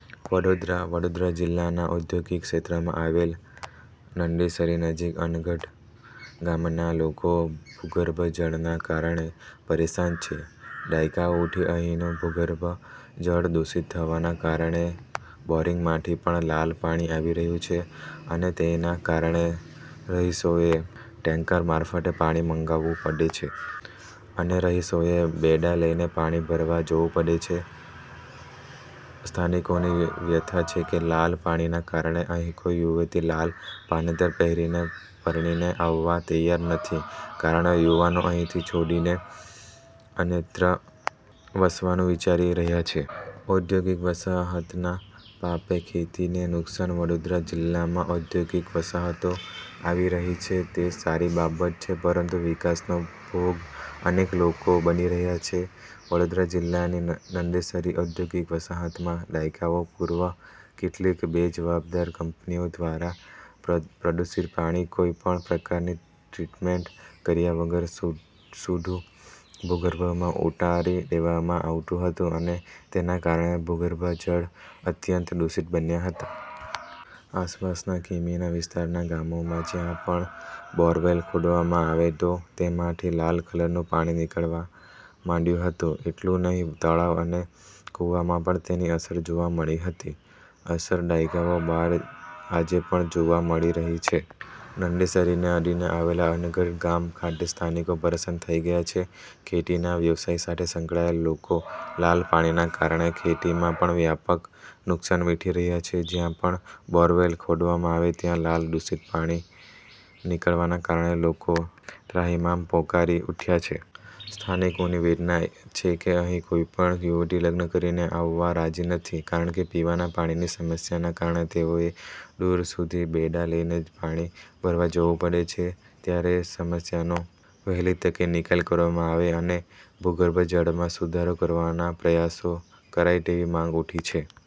વડોદરાઃ વડોદરા જિલ્લાના ઔદ્યોગિક ક્ષેત્રમાં આવેલ નંદેસરી નજીક અનગઢ ગામના લોકો ભૂગર્ભ જળના કારણે પરેશાન છે. દાયકાઓથી અહીંનું ભૂગર્ભ જળ દુષિત થવાના કારણે બોરિંગમાંથી પણ લાલ પાણી આવી રહ્યું છે. અને તેના કારણે રહીશોએ ટેન્કર મારફતે પાણી મંગાવવું પડે છે. અને રહીશોએ બેડા લઈને પાણી ભરવા જવું પડે છે. સ્થાનિકોની વ્યથા છે કે લાલ પાણીના કારણે અહીં કોઈ યુવતી લાલ પાનેતર પહેરીને પરણીને આવવા તૈયાર નથી. કારણે યુવાનો અહીંથી છોડીને અન્યત્ર વસવાનું વિચારી રહ્યા છે. ઔદ્યોગિક વસાહતના પાપે ખેતીને નુકસાન વડોદરા જિલ્લામાં ઔદ્યોગિક વસાહતો આવી રહી છે તે સારી બાબત છે. પરંતુ વિકાસનો ભોગ અનેક લોકો બની રહ્યા છે. વડોદરા જિલ્લાની નંદેસરી ઔદ્યોગિક વસાહતમાં દાયકાઓ પૂર્વે કેટલીક બેજવાબદાર કંપનીઓ દ્વારા પ્રદુષિત પાણી કોઈ પણ પ્રકારની ટ્રીટમેન્ટ કર્યા વગર સુધુ ભૂગર્ભમાં ઉતારી દેવામાં આવતું હતું અને તેના કારણે ભૂગર્ભ જળ અત્યંત દુષિત બન્યા હતા. આસપાસના કિમીના વિસ્તારના ગામોમાં જ્યાં પણ બોરવેલ ખોદવામાં આવે તો તેમાંથી લાલ કલરનું પાણી નીકળવા માંડ્યું હતું. એટલુંનહીં તળાવ અને કુવામાં પણ તેની અસર જોવા મળી હતી. અસર દાયકાઓ બાદ આજે પણ જોવા મળી રહી છે. નંદેસરીને અડીને આવેલા અનગઢ ગામ ખાતે સ્થાનિકો પરેશાન થઇ ગયા છે. ખેતીના વ્યવસાય સાથે સંકળાયેલ લોકો લાલ પાણીના કારણે ખેતીમાં પણ વ્યાપક નુકસાન વેઠી રહ્યા છે. જ્યાં પણ બોરવેલ ખોદવામાં આવે ત્યાં લાલ દુષિત પાણી નીકળવાના કારણે લોકો ત્રાહિમામ પોકારી ઉઠ્યા છે. સ્થાનિકોની વેદના છે કે અહીં કોઈ પણ યુવતી લગ્ન કરીને આવવા રાજી નથી કારણ કે પીવાના પાણીની સમસ્યાના કારણે તેઓએ દૂર સુધી બેડા લઈને પાણી ભરવા જવું પડે છે. ત્યારેસમસ્યાનો વહેલી તકે નિકાલ કરવામાં આવે અને ભૂગર્ભ જળમાં સુધારો કરવાના પ્રયાસો કરાય તેવી માંગ ઉઠી છે.